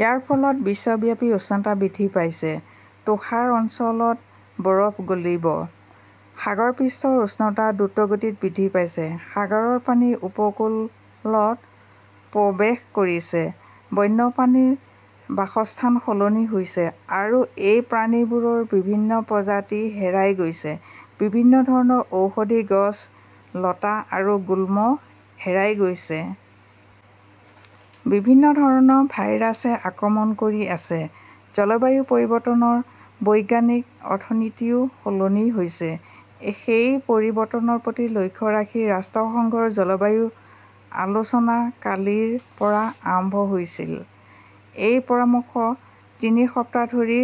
ইয়াৰ ফলত বিশ্বব্যাপী উষ্ণতা বৃদ্ধি পাইছে। তুষাৰ অঞ্চলত বৰফ গলিব। সাগৰ পৃষ্ঠৰ উচ্চতা দ্ৰুতগতিত বৃদ্ধি পাইছে। সাগৰৰ পানী উপকূলত প্ৰৱেশ কৰিছে। বন্যপ্ৰাণীৰ বাসস্থান সলনি হৈছে। আৰু এই প্ৰাণীবোৰৰ বিভিন্ন প্ৰজাতি হেৰাই গৈছে। বিভিন্ন ধৰণৰ ঔষধি গছ, লতা আৰু গুল্ম হেৰাই গৈছে। বিভিন্ন ধৰণৰ ভাইৰাছে আক্ৰমণ কৰি আছে। জলবায়ু পৰিৱৰ্তনৰ ৰাজনৈতিক অৰ্থনীতিও সলনি হৈছে। সেই পৰিৱৰ্তনৰ প্ৰতি লক্ষ্য ৰাখি ৰাষ্ট্ৰসংঘৰ জলবায়ু আলোচনা কালিৰ পৰা আৰম্ভ হৈছিল। এই পৰামৰ্শ তিনি সপ্তাহ ধৰি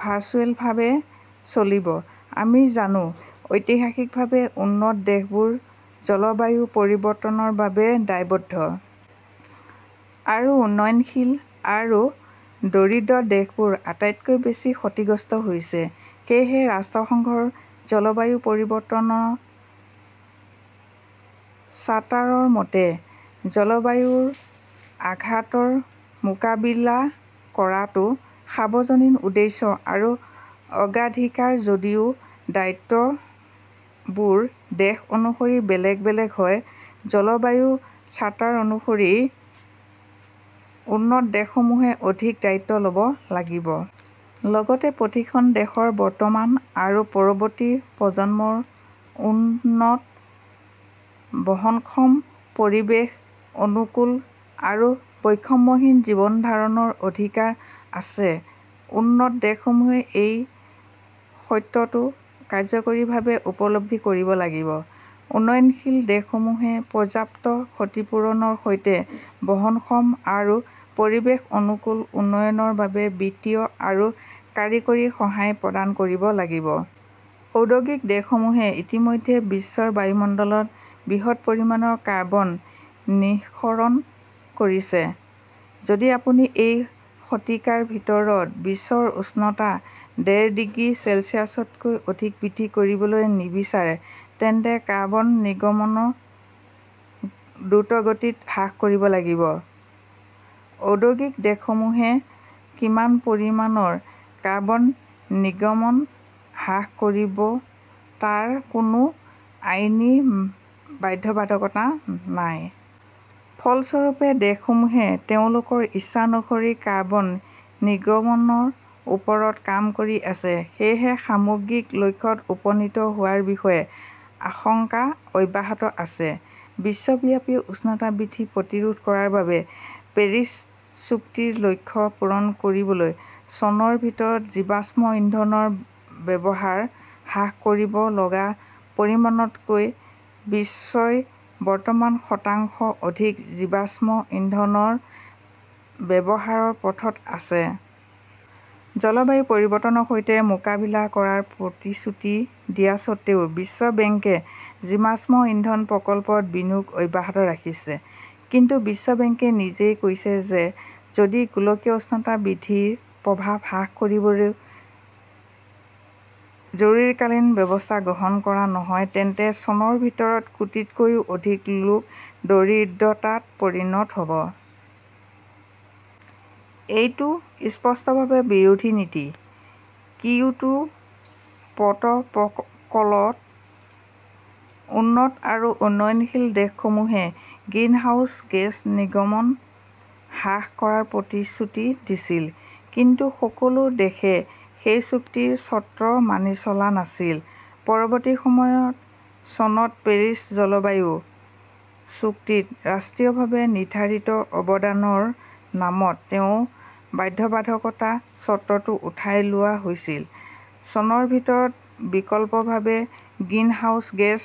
ভাৰ্চুৱেলভাৱে চলিব। আমি জানো, ঐতিহাসিকভাৱে উন্নত দেশবোৰ জলবায়ু পৰিৱৰ্তনৰ বাবে দায়বদ্ধ। আৰু উন্নয়নশীল আৰু দৰিদ্ৰ দেশবোৰ আটাইতকৈ বেছি ক্ষতিগ্ৰস্ত হৈছে। সেয়েহে, ৰাষ্ট্ৰসংঘৰ জলবায়ু পৰিৱৰ্তন চাৰ্টাৰৰ মতে, জলবায়ু আঘাতৰ মোকাবিলা কৰাটো সাৰ্বজনীন উদ্দেশ্য আৰু অগ্ৰাধিকাৰ যদিও দায়িত্ববোৰ দেশ অনুসৰি বেলেগ বেলেগ হয়। জলবায়ু চাৰ্টাৰ অনুসৰি উন্নত দেশসমূহে অধিক দায়িত্ব ল "ব লাগিব। লগতে, প্ৰতিখন দেশৰ বৰ্তমান আৰু পৰৱৰ্তী প্ৰজন্মৰ উন্নত, বহনক্ষম, পৰিৱেশ অনুকূল আৰু বৈষম্যহীন জীৱন ধাৰণৰ অধিকাৰ আছে-উন্নত দেশসমূহে এই সত্যটো কাৰ্যকৰীভাৱে উপলব্ধি কৰিব লাগিব। উন্নয়নশীল দেশসমূহে পৰ্যাপ্ত ক্ষতিপূৰণৰ সৈতে বহনক্ষম আৰু পৰিৱেশ অনুকূল উন্নয়নৰ বাবে বিত্তীয় আৰু কাৰিকৰী সহায় প্ৰদান কৰিব লাগিব। ঔদ্যোগিক দেশসমূহে ইতিমধ্যে বিশ্বৰ বায়ুমণ্ডলত বৃহৎ পৰিমাণৰ কাৰ্বন নিঃসৰণ কৰিছে। যদি আপুনি এই শতিকাৰ ভিতৰত বিশ্বৰ উষ্ণতা ডেৰ ডিগ্ৰী চেলছিয়াছতকৈ অধিক বৃদ্ধি কৰিবলৈ নিবিচাৰে তেন্তে কাৰ্বন নিৰ্গমন দ্ৰুতগতিত হ্ৰাস কৰিব লাগিব। ঔদ্যোগিক দেশসমূহে কিমান পৰিমাণৰ কাৰ্বন নিৰ্গমন হ্ৰাস কৰিব তাৰ কোনো আইনী বাধ্যবাধকতা নাই। ফলস্বৰূপে, দেশসমূহে তেওঁলোকৰ ইচ্ছা অনুসৰি কাৰ্বন নিৰ্গমনৰ ওপৰত কাম কৰি আছে। সেয়েহে সামগ্ৰিক লক্ষ্যত উপনীত হোৱাৰ বিষয়ে আশংকা অব্যাহত আছে। বিশ্বব্যাপী উষ্ণতা বৃদ্ধি প্ৰতিৰোধ কৰাৰ বাবে পেৰিছ চুক্তিৰ লক্ষ্য পূৰণ কৰিবলৈ চনৰ ভিতৰত জীৱাশ্ম ইন্ধনৰ ব্যৱহাৰ হ্ৰাস কৰিব লগা পৰিমাণতকৈ বিশ্বই বৰ্তমান শতাংশ অধিক জীৱাশ্ম ইন্ধনৰ ব্যৱহাৰৰ পথত আছে। জলবায়ু পৰিৱৰ্তনৰ সৈতে মোকাবিলা কৰাৰ প্ৰতিশ্ৰুতি দিয়া স্বত্বেও বিশ্ব বেংকে জীৱাশ্ম ইন্ধন প্ৰকল্পত বিনিয়োগ অব্যাহত ৰাখিছে। কিন্তু বিশ্ব বেংকে নিজেই কৈছে যে যদি গোলকীয় উষ্ণতা বৃদ্ধিৰ প্ৰভাৱ হ্ৰাস কৰিবলৈ জৰুৰীকালীন ব্যৱস্থা গ্ৰহণ কৰা নহয় তেন্তে চনৰ ভিতৰত কোটিতকৈও অধিক লোক দৰিদ্ৰতাত পৰিণত হ 'ব। এইটো স্পষ্টভাৱে বিৰোধী নীতি। কিয়োটো প্ৰট "কলত উন্নত আৰু উন্নয়নশীল দেশসমূহে গ্ৰিনহাউজ গেছ নিৰ্গমন হ্ৰাস কৰাৰ প্ৰতিশ্ৰুতি দিছিল। কিন্তু সকলো দেশে সেই চুক্তিৰ চৰ্ত মানি চলা নাছিল। পৰৱৰ্তী সময়ত চনত পেৰিছ জলবায়ু চুক্তিত 'ৰাষ্ট্ৰীয়ভাৱে নিৰ্ধাৰিত অৱদান " ৰ নামত তেওঁৰ বাধ্যবাধকতাৰ চৰ্তটো উঠাই লোৱা হৈছিল। চনৰ ভিতৰত বিকল্পভাৱে গ্ৰিনহাউজ গেছ